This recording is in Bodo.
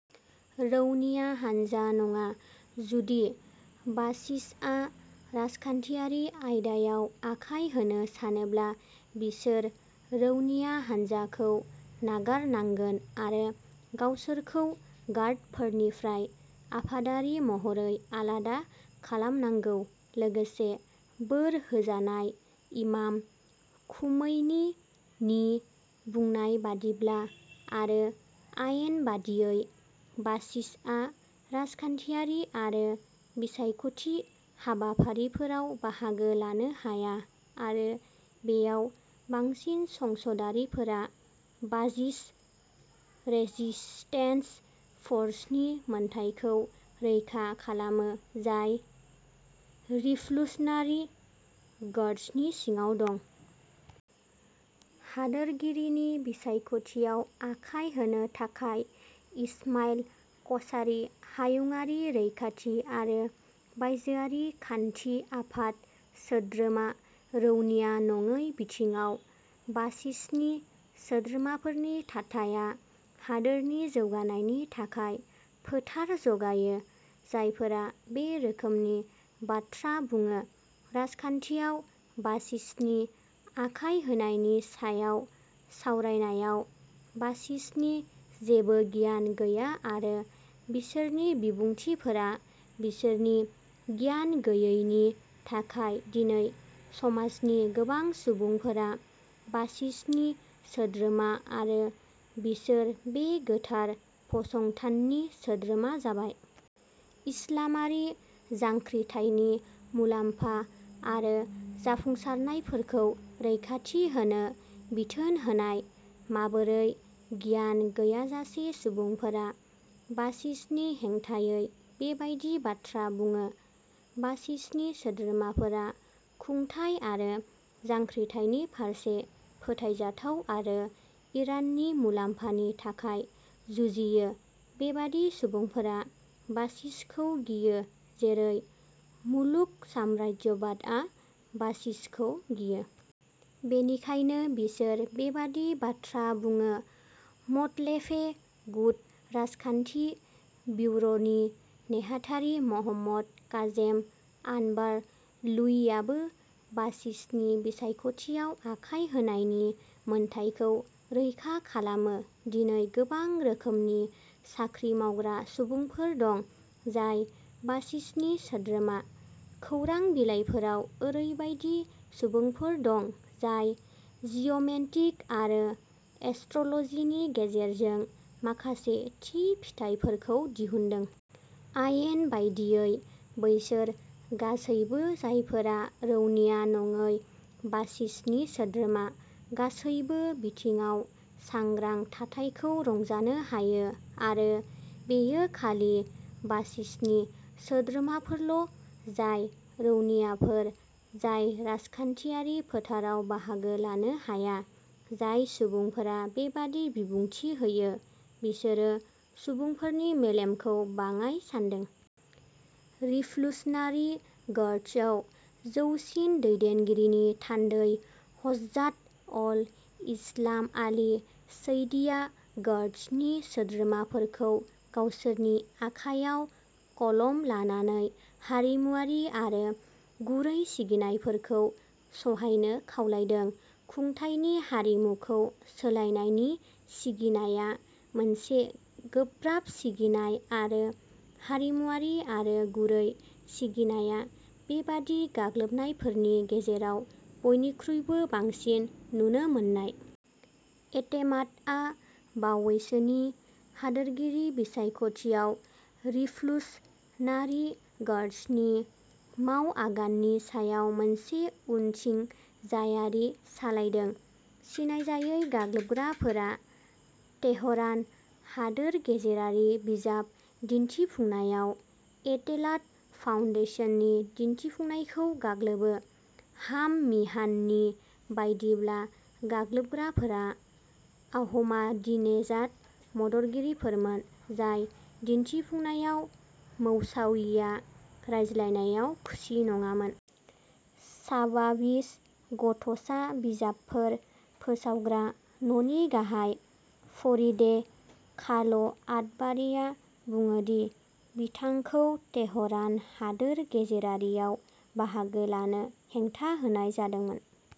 रौनिया हानजा नङा। जुदि बासिजआ राजखान्थियारि आयदायाव आखाय होनो सानोब्ला, बिसोर रौनिया हान्जाखौ नागारनांगोन आरो गावसोरखौ गार्डफोरनिफ्राय आफादारि महरै आलादा खालामनांगौ लोगोसे बोर होजानाय इमाम खुमैनी नि बुंनाय बादिब्ला आरो आयेन बादियै बासिजआ राजखान्थियारि आरो बिसायख'थि हाबाफारिफोराव बाहागो लानो हाया आरो बेयाव बांसिन संसदारिफोरा बासिज रेजिस्टेन्स फर्सनि मोनथायखौ रैखा खालामो जाय रिभलुसनारि गार्डसनि सिङाव दं। हादोरगिरिनि बिसायख'थियाव आखाय होनो थाखाय इसमाइल क'सारी हायुंआरि रैखाथि आरो बायजोआरि खान्थि आफाद सोद्रोमा रौनिया नङै बिथिङाव बासिजनि सोद्रोमाफोरनि थाथाया हादोरनि जौगानायनि थाखाय फोथार जगायो जायफोरा बे रोखोमनि बाथ्रा बुङो राजखान्थियाव बासिजनि आखाय होनायनि सायाव सावरायनायाव बासिजनि जेबो गियान गैया आरो बिसोरनि बिबुंथिफोरा बिसोरनि गियान गैयैनि थाखाय दिनै समाजनि गोबां सुबुंफोरा बासिजनि सोद्रोमा आरो बिसोर बे गोथार फसंथाननि सोद्रोमा जाबाय। इस्लामारि जांख्रिथायनि मुलाम्फा आरो जाफुंसारनायफोरखौ रैखाथि होनो बिथोन होनाय। माबोरै गियान गैयाजासे सुबुंफोरा बासिजनि हेंथायै बेबायदि बाथ्रा बुङो? बासिजनि सोद्रोमाफोरा खुंथाय आरो जांख्रिथायनि फारसे फोथायजाथाव आरो इराननि मुलाम्फानि थाखाय जुजियो बेबादि सुबुंफोरा बासिजखौ गियो जेरै मुलुग साम्राज्यबादआ बासिजखौ गियो। बेनिखायनो बिसोर बेबादि बाथ्रा बुङो म'तलेफे गुट राजखान्थि बिउर'नि नेहाथारि महम्मद काजेम आनबार लुइयियाबो बासिजनि बिसायख'थियाव आखाय होनायनि मोन्थाइखौ रैखा खालामो दिनै गोबां रोखोमनि साख्रि मावग्रा सुबुंफोर दं जाय बासिजनि सोद्रोमा। खौरां बिलाइफोराव ओरैबायदि सुबुंफोर दं जाय जिअ'मेन्टिक आरो एस्ट्र'लजिनि गेजेरजों माखासे थि फिथाइफोरखौ दिहुनदों। आयेन बायदियै बैसोर गासैबो जायफोरा रौनिया नङै बासिजनि सोद्रोमा, गासैबो बिथिङाव सांग्रां थाथायखौ रंजानो हायो आरो बेयो खालि बासिजनि सोद्रोमाफोरल' जाय रौनियाफोर जाय राजखान्थियारि फोथाराव बाहागो लानो हाया। जाय सुबुंफोरा बेबादि बिबुंथि होयो बिसोरो सुबुंफोरनि मेलेमखौ बाङाइ सान्दों। रिभलुसनारि गार्डसआव जौसिन दैदेनगिरिनि थान्दै हज्जात अल इस्लाम आली सैदीआ गार्डसनि सोद्रोमाफोरखौ "गावसोरनि आखायाव कलम लानानै हारिमुआरि आरो गुरै सिगिनायफोरखौ सहायनो" खावलायदों। खुंथायनि हारिमुखौ सोलायनायनि सिगिनायआ मोनसे गोब्राब सिगिनाय आरो हारिमुआरि आरो गुरै सिगिनायआ बेबादि गाग्लोबनायफोरनि गेजेराव बयनिख्रुइबो बांसिन नुनो मोननाय। एटेमाडआ बावैसोनि हादोरगिरि बिसायख'थियाव रिभलुसनारि गार्डसनि मावआगाननि सायाव मोनसे उनथिंजायारि सालायदों। सिनायजायै गाग्लोबग्राफोरा तेहरान हादोर गेजेरारि बिजाब दिन्थिफुंनायाव एटेलात फाउन्डेशननि दिन्थिफुंनायखौ गाग्लोबो। हाम मिहाननि बायदिब्ला, गाग्लोबग्राफोरा आहमादिनेजाद मददगिरिफोरमोन, जाय दिन्थिफुंनायाव मौसाविआ रायज्लायनायाव खुसि नङामोन। शाबाविज गथ'सा बिजाबफोर फोसावग्रा न'नि गाहाय फरिदेह खाल'आतबारीआ बुङो दि बिथांखौ तेहरान हादोर गेजेरारिआव बाहागो लानो हेंथा होनाय जादोंमोन।